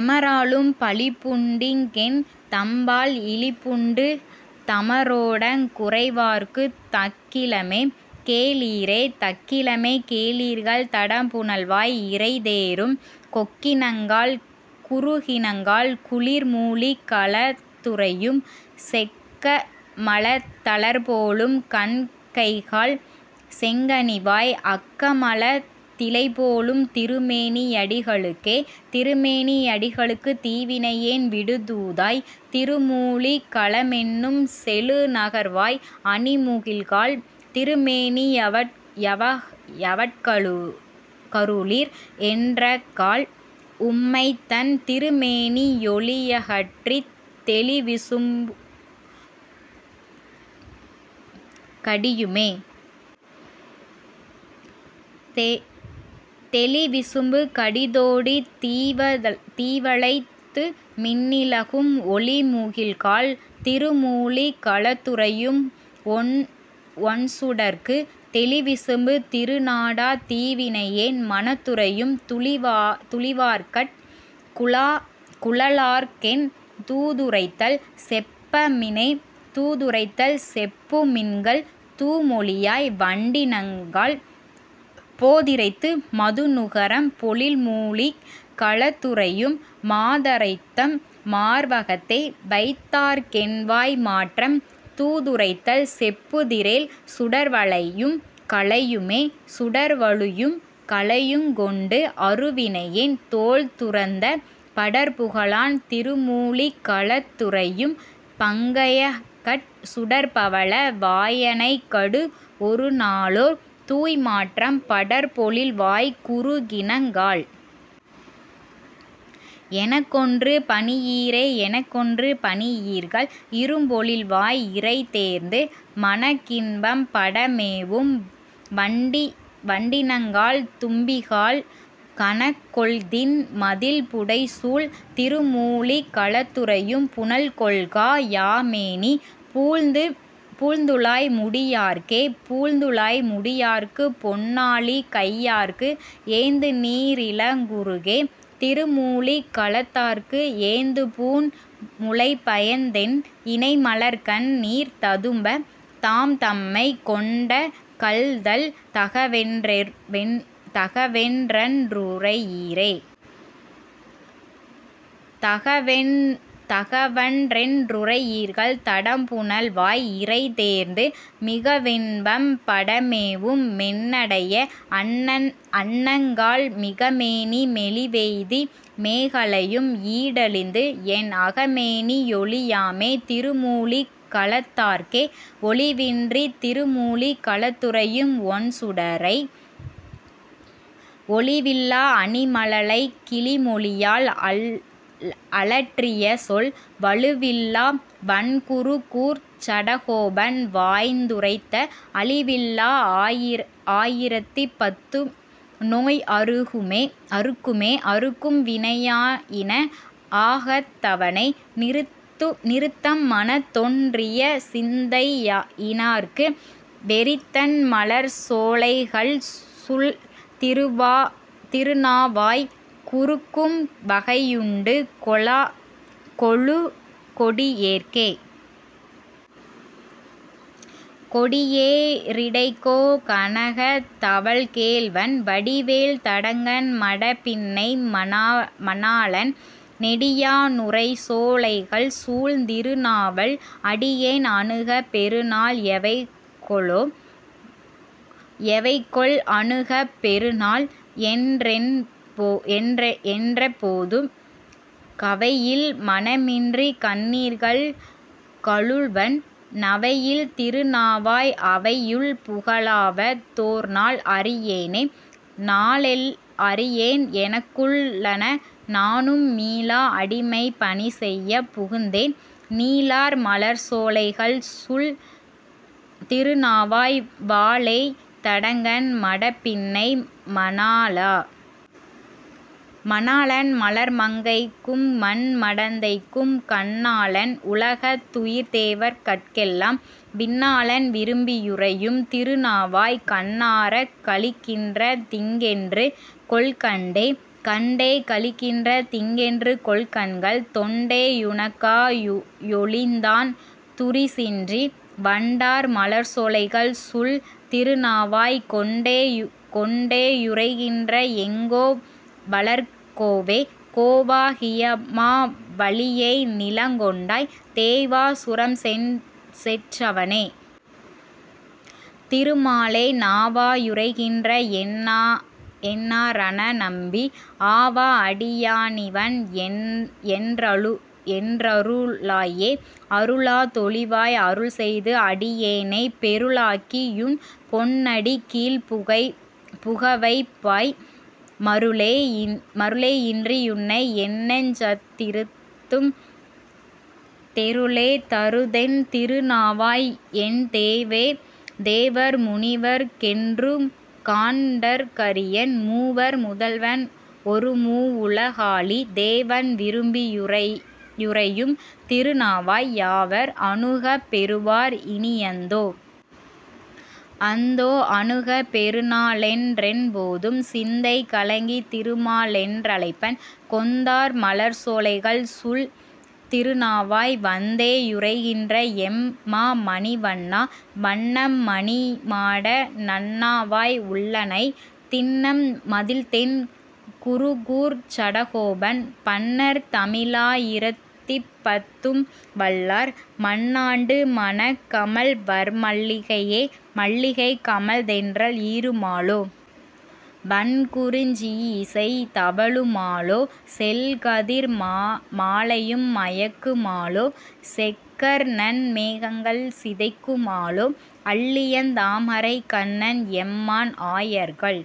எமராலும் பழிப்புண்டிங் கென்? தம்மால் இழிப்புண்டு, தமரோடங் குறைவார்க்குத் தக்கிலமே. கேளீரே.. தக்கிலமே கேளீர்கள் தடம்புனல்வாய் இரைதேரும், கொக்கினங்காள். குருகினங்காள். குளிர்மூழிக் களத்துறையும், செக்கமலத் தலர்போலும் கண்கைகால் செங்கனிவாய், அக்கமலத் திலைபோலும் திருமேனி யடிகளுக்கே.. திருமேனி யடிகளுக்கு தீவினையேன் விடுதூதாய் திருமூழிக் களமென்னும் செழுநகர்வாய் அணிமுகில்காள், திருமேனி யவட்கருளீர் என்றக்கால், உம்மைத்தன் திருமேனி யொளியகற்றித் தெளிவிசும்பு கடியுமே?. தெளிவிசும்பு கடிதோடித் தீவளைத்து மின்னிலகும், ஒளிமுகில்காள். திருமூழிக் களத்துறையும் ஒண்சுடர்க்கு, தெளிவிசும்பு திருநாடாத் தீவினையேன் மனத்துறையும், துளிவார்கட் குழலார்க்கென் தூதுரைத்தல் செப்பமினே.. தூதுரைத்தல் செப்புமின்கள் தூமொழியாய் வண்டினங்காள், போதிரைத்து மதுநுகரும் பொழில்மூழிக் களத்துறையும், மாதரைத்தம் மார்வகத்தே வைத்தார்க்கென் வாய்மாற்றம், தூதுரைத்தல் செப்புதிரேல் சுடர்வளையும் கலையுமே.. சுடர்வளுயும் கலையுங்கொண்டு அருவினையேன் தோள்துறந்த, படர்புகழான் திருமூழிக் களத்துறையும் பங்கயக்கட், சுடர்பவள வாயனைக்கடு ஒருநாளோர் தூய்மாற்றம், படர்பொழில்வாய்க் குருகினங்காள். எனக்கொன்று பணியீரே.. எனக்கொன்று பணியீர்கள் இரும்பொழில்வாய் இரைதேர்ந்து, மனக்கின்பம் படமேவும் வண்டினங்காள். தும்பிகாள், கனக்கொள்திண் மதிள்புடைசூழ் திருமூழிக் களத்துறையும், புனல்கொள்கா யாமேனிப் பூந்துழாய் முடியார்க்கே.. பூந்துழாய் முடியார்க்குப் பொன்னாழி கையார்க்கு, ஏந்துநீ ரிளங்குருகே. திருமூழிக் களத்தார்க்கு, ஏந்துபூண் முலைப்பயந்தென் இணைமலர்க்கண் ணீர்ததும்ப, தாம்தம்மைக் கொண்டகல்தல் தகவன்றென் றுரையீரே.. தகவன்றென் றுரையீர்கள் தடம்புனல்வாய் இரைதேர்ந்து, மிகவின்பம் படமேவும் மென்னடைய அன்னங்காள், மிகமேனி மெலிவெய்தி மேகலையும் ஈடழிந்து, என் அகமேனி யொழியாமே திருமூழிக் களத்தார்க்கே. ஒழிவின்றித் திருமூழிக் களத்துறையும் ஒண்சுடரை, ஒழிவில்லா அணிமழலைக் கிளிமொழியாள் அலற்றியசொல், வழுவில்லா வண்குருகூர்ச் சடகோபன் வாய்ந்துரைத்த, அழிவில்லா ஆயிரத்திப் பத்தும்நோய் அறுக்குமே. அறுக்கும் வினையா யின ஆகத்தவனை, நிறுத்தம் மனத்தொன் றியசிந் தையினார்க்கு, வெறித்தண் மலர்சோ லைகள்சுழ் திருநாவாய், குறுக்கும் வகையுண்டு கொலுகொடி யேற்கே?. கொடியே ரிடைக்கோ கனகத் தவள்கேள்வன், வடிவேல் தடங்கண் மடப்பின்னை மணாளன், நெடியா னுறைசோ லைகள்சூழ் திருநாவாய், அடியேன் அணுகப் பெறு நாள் எவைகொலொ.. எவைகொல் அணுகப் பெறுநாள்? என் றெப்போதும், கவையில் மனமின்றிக் கண்ணீர்கள் கலுழ்வன், நவையில் திருநாவாய், அவையுள் புகலாவ தோர்நாள் அறியேனே.. நாளெல் அறியேன் எனக்குள் ளன, நானும் மீளா அடிமைப் பணிசெய்யப் புகுந்தேன், நீளார் மலர்சோ லைகள்சுழ் திருநாவாய், வாளேய் தடங்கண் மடப்பின்னை மணாளா.. மணாளன் மலர்மங் கைக்கும்மண் மடந்தைக்கும், கண்ணாளன் உலகத் துயிர்தேவர் கட்கெல்லாம், விண்ணாளன் விரும்பி யுறையும் திருநாவாய், கண்ணாரக் களிக்கின்ற திங்கென்று கொல்கண்டே?. கண்டே களிக்கின்ற திங்கென்று கொல்கண்கள், தொண்டே யுனக்கா யொழிந்தான் துரிசின்றி, வண்டார் மலர்சோ லைகள்சுழ் திருநாவாய், கொண்டே யுறைகின்ற எங்கோ வலர்கோவே.. கோவா கியமா வலியை நிலங்கொண்டாய், தேவா சுரம்செற் றவனே. திருமாலே, நாவா யுறைகின்ற என்நா ரணநம்பீ, ஆவா அடியா னிவன் என் றருளாயே.. அருளா தொழிவாய் அருள்செய்து, அடியேனைப் பெருளாக்கி யுன்பொன் னடிக்கீழ்ப் புகவைப்பாய், மருளே யின்றியுன்னை என்னெஞ்சத் திருத்தும், தெருளே தருதென் திருநாவாய் என்தேவே.. தேவர் முனிவர்க் கென்றும்காண் டற்கரியன், மூவர் முதல்வன் ஒருமூ வுலகாளி, தேவன் விரும்பி யுறையும் திருநாவாய், யாவர் அணுகப் பெறுவார் இனியந்தோ.. அந்தோ. அணுகப் பெறுநாளென் றெப்போதும், சிந்தை கலங்கித் திருமாலென் றழைப்பன், கொந்தார் மலர்சோ லைகள்சுழ் திருநாவாய், வந்தே யுறைகின்ற எம்மா மணிவண்ணா. வண்ணம் மணிமாட நன்னாவாய் உள்ளனை, திண்ணம் மதிள்தென் குருகூர்ச் சடகோபன், பண்ணர் தமிழா யிரத்திப்பத் தும்வல்லார், மண்ணாண்டு மணம்கமழ் வர்மல்லிகையே. மல்லிகை கமழ்தென்றல் ஈரு மாலோ. வண்குறிஞ் சியிசை தவழு மாலோ, செல்கதிர் மாலையும் மயக்கு மாலோ. செக்கர்நன் மேகங்கள் சிதைக்கு மாலோ, அல்லியந் தாமரைக் கண்ணன் எம்மான் ஆயர்கள்